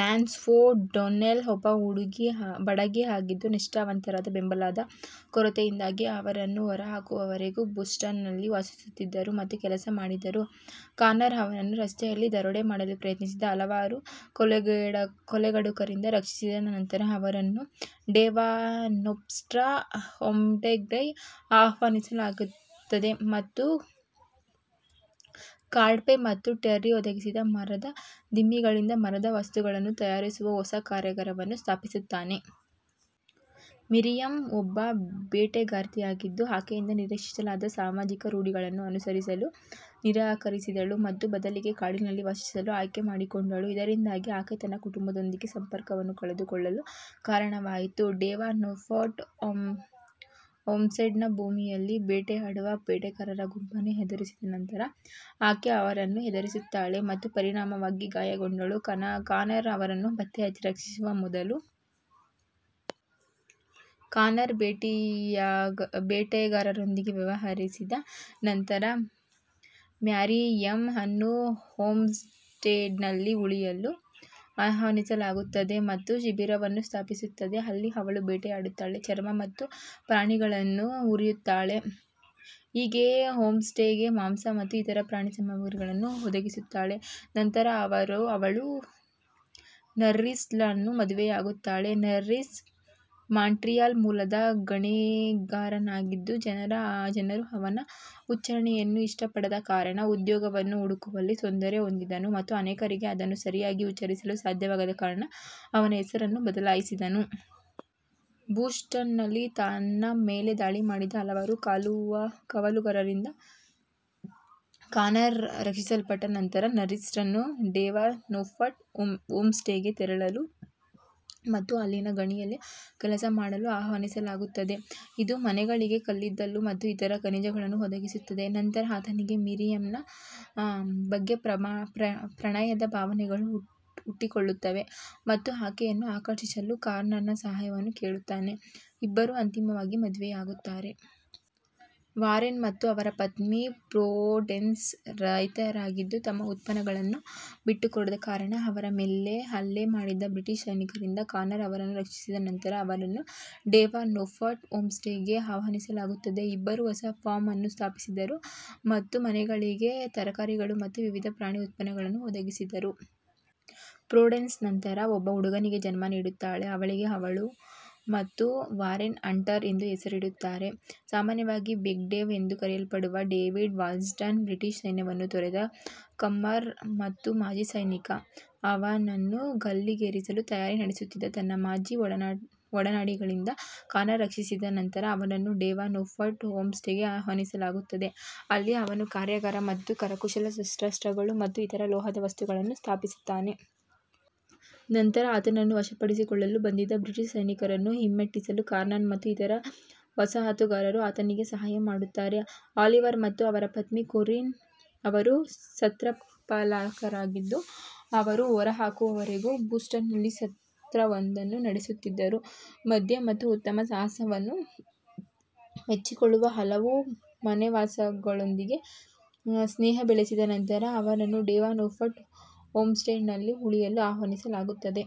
Lance 'O'Donnell ಒಬ್ಬ ಬಡಗಿ ಆಗಿದ್ದು, ನಿಷ್ಠಾವಂತರ ಬೆಂಬಲದ ಕೊರತೆಯಿಂದಾಗಿ ಅವರನ್ನು ಹೊರಹಾಕುವವರೆಗೂ ಬೋಸ್ಟನ್ನಲ್ಲಿ ವಾಸಿಸುತ್ತಿದ್ದರು ಮತ್ತು ಕೆಲಸ ಮಾಡಿದರು. ಕಾನರ್ ಅವನನ್ನು ರಸ್ತೆಯಲ್ಲಿ ದರೋಡೆ ಮಾಡಲು ಪ್ರಯತ್ನಿಸಿದ ಹಲವಾರು ಕೊಲೆಗಡುಕರಿಂದ ರಕ್ಷಿಸಿದ ನಂತರ ಅವನನ್ನು ಡೇವನ್ಪೋರ್ಟ್ ಹೋಮ್ಸ್ಟೆಡ್ಗೆ ಆಹ್ವಾನಿಸಲಾಗುತ್ತದೆ ಮತ್ತು ಗಾಡ್ಫ್ರೇ ಮತ್ತು ಟೆರ್ರಿ ಒದಗಿಸಿದ ಮರದ ದಿಮ್ಮಿಗಳಿಂದ ಮರದ ವಸ್ತುಗಳನ್ನು ತಯಾರಿಸುವ ಹೊಸ ಕಾರ್ಯಾಗಾರವನ್ನು ಸ್ಥಾಪಿಸುತ್ತಾನೆ. ಮಿರಿಯಮ್ ಒಬ್ಬ ಬೇಟೆಗಾರ್ತಿಯಾಗಿದ್ದು, ಆಕೆಯಿಂದ ನಿರೀಕ್ಷಿಸಲಾದ ಸಾಮಾಜಿಕ ರೂಢಿಗಳನ್ನು ಅನುಸರಿಸಲು ನಿರಾಕರಿಸಿದಳು ಮತ್ತು ಬದಲಿಗೆ ಕಾಡಿನಲ್ಲಿ ವಾಸಿಸಲು ಆಯ್ಕೆ ಮಾಡಿಕೊಂಡಳು, ಇದರಿಂದಾಗಿ ಆಕೆ ತನ್ನ ಕುಟುಂಬದೊಂದಿಗೆ ಸಂಪರ್ಕವನ್ನು ಕಳೆದುಕೊಳ್ಳಲು ಕಾರಣವಾಯಿತು. ಡೇವನ್ಪೋರ್ಟ್ ಹೋಮ್ಸ್ಟೆಡ್ನ ಭೂಮಿಯಲ್ಲಿ ಬೇಟೆಯಾಡುವ ಬೇಟೆಗಾರರ ಗುಂಪನ್ನು ಎದುರಿಸಿದ ನಂತರ, ಆಕೆ ಅವರನ್ನು ಎದುರಿಸುತ್ತಾಳೆ ಮತ್ತು ಪರಿಣಾಮವಾಗಿ ಗಾಯಗೊಂಡಳು, ಕಾನರ್ ಅವರನ್ನು ಪತ್ತೆಹಚ್ಚಿ ರಕ್ಷಿಸುವ ಮೊದಲು. ಕಾನರ್ ಬೇಟೆಗಾರರೊಂದಿಗೆ ವ್ಯವಹರಿಸಿದ ನಂತರ, ಮೈರಿಯಮ್ ಅನ್ನು ಹೋಮ್ಸ್ಟೆಡ್ನಲ್ಲಿ ಉಳಿಯಲು ಆಹ್ವಾನಿಸಲಾಗುತ್ತದೆ ಮತ್ತು ಶಿಬಿರವನ್ನು ಸ್ಥಾಪಿಸುತ್ತದೆ, ಅಲ್ಲಿ ಅವಳು ಬೇಟೆಯಾಡುತ್ತಾಳೆ, ಚರ್ಮ ಮತ್ತು ಪ್ರಾಣಿಗಳನ್ನು ಹುರಿಯುತ್ತಾಳೆ, ಹೀಗೆ ಹೋಮ್ಸ್ಟೆಡ್ಗೆ ಮಾಂಸ ಮತ್ತು ಇತರ ಪ್ರಾಣಿ ಸಾಮಗ್ರಿಗಳನ್ನು ಒದಗಿಸುತ್ತಾಳೆ. ನಂತರ ಅವಳು ನಾರ್ರಿಸ್ಳನ್ನು ಮದುವೆಯಾಗುತ್ತಾಳೆ. ನಾರ್ರಿಸ್ ಮಾಂಟ್ರಿಯಲ್ ಮೂಲದ ಗಣಿಗಾರನಾಗಿದ್ದು, ಜನರು ಅವನ ಉಚ್ಚಾರಣೆಯನ್ನು ಇಷ್ಟಪಡದ ಕಾರಣ ಉದ್ಯೋಗವನ್ನು ಹುಡುಕುವಲ್ಲಿ ತೊಂದರೆ ಹೊಂದಿದ್ದನು ಮತ್ತು ಅನೇಕರಿಗೆ ಅದನ್ನು ಸರಿಯಾಗಿ ಉಚ್ಚರಿಸಲು ಸಾಧ್ಯವಾಗದ ಕಾರಣ ಅವನ ಹೆಸರನ್ನು ಬದಲಾಯಿಸಿದನು. ಬೋಸ್ಟನ್ನಲ್ಲಿ ತನ್ನ ಮೇಲೆ ದಾಳಿ ಮಾಡಿದ ಹಲವಾರು ಕಾವಲುಗಾರರಿಂದ ಕಾನರ್ ರಕ್ಷಿಸಲ್ಪಟ್ಟ ನಂತರ, ನಾರ್ರಿಸ್ನನ್ನು ಡೇವನ್ಪೋರ್ಟ್ ಹೋಮ್ಸ್ಟೆಡ್ಗೆ ತೆರಳಲು ಮತ್ತು ಅಲ್ಲಿನ ಗಣಿಯಲ್ಲಿ ಕೆಲಸ ಮಾಡಲು ಆಹ್ವಾನಿಸಲಾಗುತ್ತದೆ, ಇದು ಮನೆಗಳಿಗೆ ಕಲ್ಲಿದ್ದಲು ಮತ್ತು ಇತರ ಖನಿಜಗಳನ್ನು ಒದಗಿಸುತ್ತದೆ. ನಂತರ ಆತನಿಗೆ ಮಿರಿಯಮ್ನ ಬಗ್ಗೆ ಪ್ರಣಯದ ಭಾವನೆಗಳು ಹುಟ್ಟಿಕೊಳ್ಳುತ್ತವೆ ಮತ್ತು ಆಕೆಯನ್ನು ಆಕರ್ಷಿಸಲು ಕಾನರ್ನ ಸಹಾಯವನ್ನು ಕೇಳುತ್ತಾನೆ; ಇಬ್ಬರೂ ಅಂತಿಮವಾಗಿ ಮದುವೆಯಾಗುತ್ತಾರೆ. ವಾರೆನ್ ಮತ್ತು ಅವರ ಪತ್ನಿ ಪ್ರುಡೆನ್ಸ್ ರೈತರಾಗಿದ್ದು, ತಮ್ಮ ಉತ್ಪನ್ನಗಳನ್ನು ಬಿಟ್ಟುಕೊಡದ ಕಾರಣ ಅವರ ಮೇಲೆ ಹಲ್ಲೆ ಮಾಡಿದ ಬ್ರಿಟಿಷ್ ಸೈನಿಕರಿಂದ ಕಾನರ್ ಅವರನ್ನು ರಕ್ಷಿಸಿದ ನಂತರ ಅವರನ್ನು ಡೇವನ್ಪೋರ್ಟ್ ಹೋಮ್ಸ್ಟೆಡ್ಗೆ ಆಹ್ವಾನಿಸಲಾಗುತ್ತದೆ. ಇಬ್ಬರೂ ಹೊಸ ಫಾರ್ಮ್ ಅನ್ನು ಸ್ಥಾಪಿಸಿದರು ಮತ್ತು ಮನೆಗಳಿಗೆ ತರಕಾರಿಗಳು ಮತ್ತು ವಿವಿಧ ಪ್ರಾಣಿ ಉತ್ಪನ್ನಗಳನ್ನು ಒದಗಿಸಿದರು. ಪ್ರುಡೆನ್ಸ್ ನಂತರ ಒಬ್ಬ ಹುಡುಗನಿಗೆ ಜನ್ಮ ನೀಡುತ್ತಾಳೆ, ಅವಳಿಗೆ ಅವಳು ಮತ್ತು ವಾರೆನ್ ಹಂಟರ್ ಎಂದು ಹೆಸರಿಡುತ್ತಾರೆ. ಸಾಮಾನ್ಯವಾಗಿ "ಬಿಗ್ ಡೇವ್" ಎಂದು ಕರೆಯಲ್ಪಡುವ ಡೇವಿಡ್ ವಾಲ್ಸ್ಟನ್, ಬ್ರಿಟಿಷ್ ಸೈನ್ಯವನ್ನು ತೊರೆದ ಕಮ್ಮಾರ ಮತ್ತು ಮಾಜಿ ಸೈನಿಕ. ಅವನನ್ನು ಗಲ್ಲಿಗೇರಿಸಲು ತಯಾರಿ ನಡೆಸುತ್ತಿದ್ದ ತನ್ನ ಮಾಜಿ ಒಡನಾಡಿಗಳಿಂದ ಕಾನರ್ ರಕ್ಷಿಸಿದ ನಂತರ, ಅವನನ್ನು ಡೇವನ್ಪೋರ್ಟ್ ಹೋಮ್ಸ್ಟೆಡ್ಗೆ ಆಹ್ವಾನಿಸಲಾಗುತ್ತದೆ, ಅಲ್ಲಿ ಅವನು ಕಾರ್ಯಾಗಾರ ಮತ್ತು ಕರಕುಶಲ ಶಸ್ತ್ರಾಸ್ತ್ರಗಳು ಮತ್ತು ಇತರ ಲೋಹದ ವಸ್ತುಗಳನ್ನು ಸ್ಥಾಪಿಸುತ್ತಾನೆ. ನಂತರ ಆತನನ್ನು ವಶಪಡಿಸಿಕೊಳ್ಳಲು ಬಂದಿದ್ದ ಬ್ರಿಟಿಷ್ ಸೈನಿಕರನ್ನು ಹಿಮ್ಮೆಟ್ಟಿಸಲು ಕಾನರ್ ಮತ್ತು ಇತರ ವಸಾಹತುಗಾರರು ಆತನಿಗೆ ಸಹಾಯ ಮಾಡುತ್ತಾರೆ. ಆಲಿವರ್ ಮತ್ತು ಅವರ ಪತ್ನಿ ಕೊರಿನ್ ಅವರು ಸತ್ರಪಾಲಕರಾಗಿದ್ದು, ಅವರು ಹೊರಹಾಕುವವರೆಗೂ ಬೋಸ್ಟನ್ನಲ್ಲಿ ಸತ್ರವೊಂದನ್ನು ನಡೆಸುತ್ತಿದ್ದರು. ಮದ್ಯ ಮತ್ತು ಉತ್ತಮ ಸಹವಾಸವನ್ನು ಮೆಚ್ಚಿಕೊಳ್ಳುವ ಹಲವಾರು ಮನೆವಾಸಿಗಳೊಂದಿಗೆ ಸ್ನೇಹ ಬೆಳೆಸಿದ ನಂತರ ಅವರನ್ನು ಡೇವನ್ಪೋರ್ಟ್ ಹೋಮ್ಸ್ಟೆಡ್ನಲ್ಲಿ ಉಳಿಯಲು ಆಹ್ವಾನಿಸಲಾಗುತ್ತದೆ.